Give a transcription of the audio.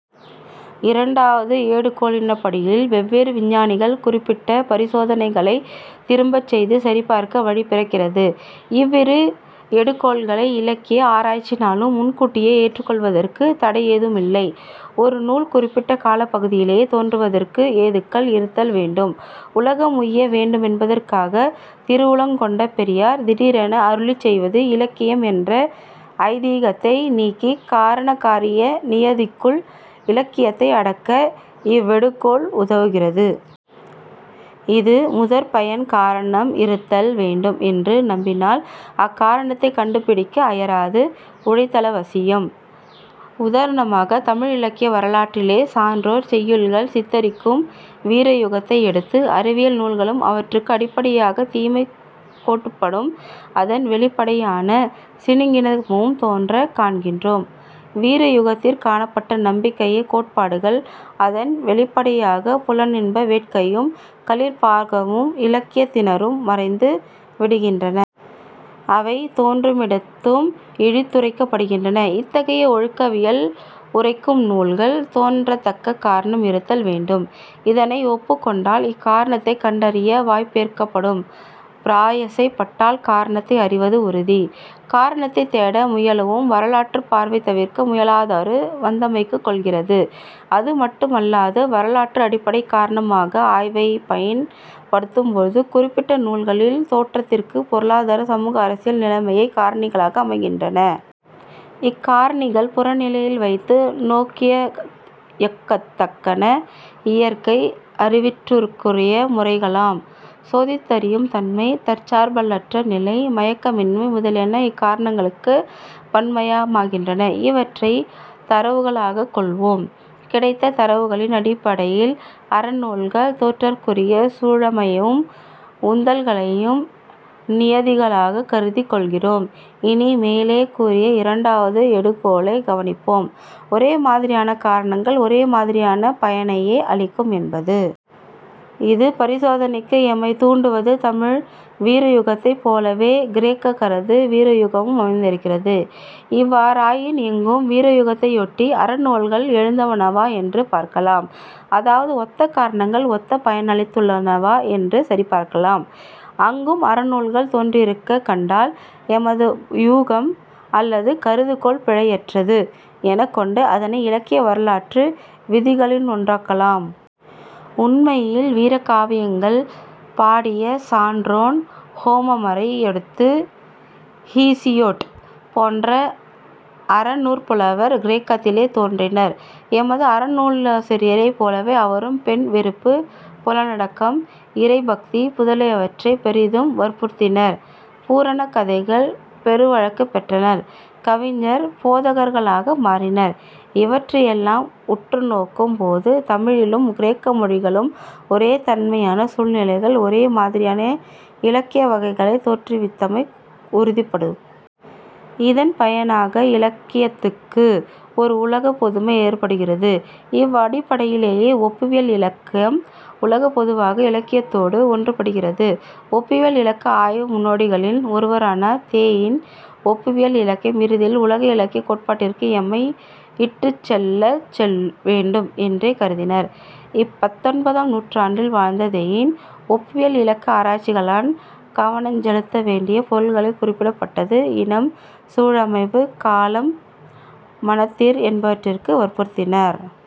இரண்டாவது எடுகோளினடிப்படையில் வெவ்வேறு விஞ்ஞானிகள் குறிப்பிட்ட பரிசோதனைகளைத் திரும்பச்செய்து சரிபார்க்க வழி பிறக்கிறது. இவ்விரு எடுகோள்களை இலக்கிய ஆராய்ச்சியாளனும் முன்கூட்டியே ஏற்றுக் கொள்வதற்கு தடையெதுவுமில்லை. ஒரு நூல் குறிப்பிட்ட காலப்பகுதியிலே தோன்றுவதற்கு ஏதுக்கள் இருத்தல் வேண்டும். உலகம் உய்ய வேண்டுமென்பதற்காகத் திருவுளங் கொண்ட பெரியார் திடீரென அருளிச் செய்வது இலக்கியம் என்ற ஐதீகத்தை நீக்கி, காரண காரிய நியதிக்குள் இலக்கியத்தை அடக்க இவ்வெடுகோள் உதவுகிறது. அது முதற் பயன். காரணம் இருத்தல் வேண்டும் என்று நம்பினால் அக்காரணத்தைக் கண்டுபிடிக்க அயராது உழைத்தலவசியம். உதாரணமாகத் தமிழ் இலக்கிய வரலாற்றிலே சான்றோர் செய்யுள்கள் சித்திரிக்கும் வீரயுகத்தை யடுத்து, அறவியல் நூல்களும் அவற்றுக்கு அடிப்படையான தீமைக் கோட்பாடும் அதன் வௌிப்படையான சிணுங்கித்தனமும் தோன்றக் காண்கிறோம். வீரயுகத்திற் காணப்பட்ட நன்னம்பிக்கைக் கோட்பாடுகள் அதன் வௌிப்படான புலனின்ப வேட்கையும் களிப்பார்வமும் இலக்கியத்தினின்றும் மறைந்து விடுகின்றன. அவை தோன்றுமிடத்தும் இழித்துரைக்கப்படுகின்றன. இத்தகைய ஒழுக்கவியல் உரைக்கும் நூல்கள் தோன்றத்தக்க காரணம் இருத்தல் வேண்டும். அதனை ஒப்புக் கொண்டால் அக்காரணத்தைக் கண்டறிய வாய்ப்பேற்படும். பிரயாசைப் பட்டால் காரணத்தை அறிவது உறுதி. காரணத்தைத் தேட முயலவும் வரலாற்றுப் பார்வை தவிர்க்க முடியாதவாறு வந்தமைந்து கொள்கிறது. அது மட்டுமல்லாது வரலாற்று அடிப்படையிற் காரணகாரிய ஆய்வைப் பயன் படுத்தும்பொழுது குறிப்பிட்ட நூல்களின் தோற்றத்திற்குப் பொருளாதார சமூக அரசியல் நிலைமைகள் காரணிகளாக அமைகின்றன. இக் காரணிகள் புறநிலையில் வைத்து நோக்கியாராயத்தக்கன. இயற்கை அறிவியற்றுறைக்குரிய முறைகளாம் 'சோதித்தறியும் தன்மை,' 'தற்சார்பற்ற நிலை,' 'மயக்கமின்மை' முதலியன இக்காரணிகளுக்குப் பண்பாயமைகின்றன. இவற்றைத் தரவுகளாகக் கொள்ளுவோம். கிடைத்த தரவுகளின் அடிப்படையில் அற நூல்கள் தோன்றற்குரிய சூழமைவையும் உந்தல்களையும் நியதிகளாகக் கருதிக் கொள்கிறோம். இனி, மேலே கூறிய இரண்டாவது எடுகோளைக் கவனிப்போம்: ஒரே மாதிரியான காரணங்கள் ஒரே மாதிரியான பயனையே அளிக்கும் என்பது. இது பரிசோதனைக்கு எம்மைத் தூண்டுவது தமிழ் வீரயுகத்தைப் போலவே கிரேக்கரது வீரயுகமும் அமைந்திருந்தது. அவ்வாறாயின் அங்கும் வீரயுகத்தையொட்டி அறநூல்கள் எழுந்தனவா எனப் பார்க்கலாம். அதாவது ஒத்த காரணங்கள் ஒத்த பயனையளித்துள்ளனவா எனச் சரிபார்க்கலாம். அங்கும் அறநூல்கள் தோன்றியிருக்கக் கண்டால் எமது ஊகம் அல்லது கருதுகோள் பிழையற்றது எனக் கொண்டு அதனை இலக்கிய வரலாற்று விதிகளிலொன்றாக்கலாம். உண்மையில் வீரகாவியங்கள் பாடிய சான்றோன் ஹோமரை யடுத்து ஹீசியொட் போன்ற அறநூற்புலவர் கிரேக்கத்திலே தோன்றினர். எமது அறநூலாசிரியரைப் போல அவரும் பெண் வெறுப்பு, புலனடக்கம், இறை பக்தி முதலியவற்றைப் பெரிதும் வற்புறுத்தினர்; புராணக் கதைகள் பெருவழக்குப் பெற்றன. கவிஞர் போதகர்களாக மாறினர். இவற்றையெல்லாம் உற்று நோக்கும் போது தமிழிலும் கிரேக்கமொழியிலும் ஒரே தன்மையான சூழ்நிலைகள் ஒரே மாதிரியான இலக்கிய வகையைத் தோற்றுவித்தமை உறுதிப்படும். இதன் பயனாக இலக்கியத்துக்கு ஓர் உலகப் பொதுமை ஏற்படுகிறது. இவ்வடிப்படையிலேயே ஒப்பியல் இலக்கியம் உலகப் பொதுவான இலக்கியத்தோடு ஒன்றுபடுகின்றது. ஒப்பியல் இலக்கிய ஆய்வு முன்னோடிகளில் ஒருவரான தெயின், ஒப்பியல் இலக்கியம் இறுதியில் உலக இலக்கியக் கோட்பாட்டிற்கு எம்மை இட்டுச் செல்லல் வேண்டும் என்றே கருதினார். பத்தொன்பதாம் நூற்றாண்டில் வாழ்ந்த தெயின், ஒப்பியல் இலக்கிய ஆராய்ச்சியாளன் கவனஞ் செலுத்த வேண்டிய பொருள்களைக் குறிப்பிடுமிடத்து, இனம், சூழமைவு, காலம், மனத்திறன் என்பனவற்றை வற்புறுத்தினார்.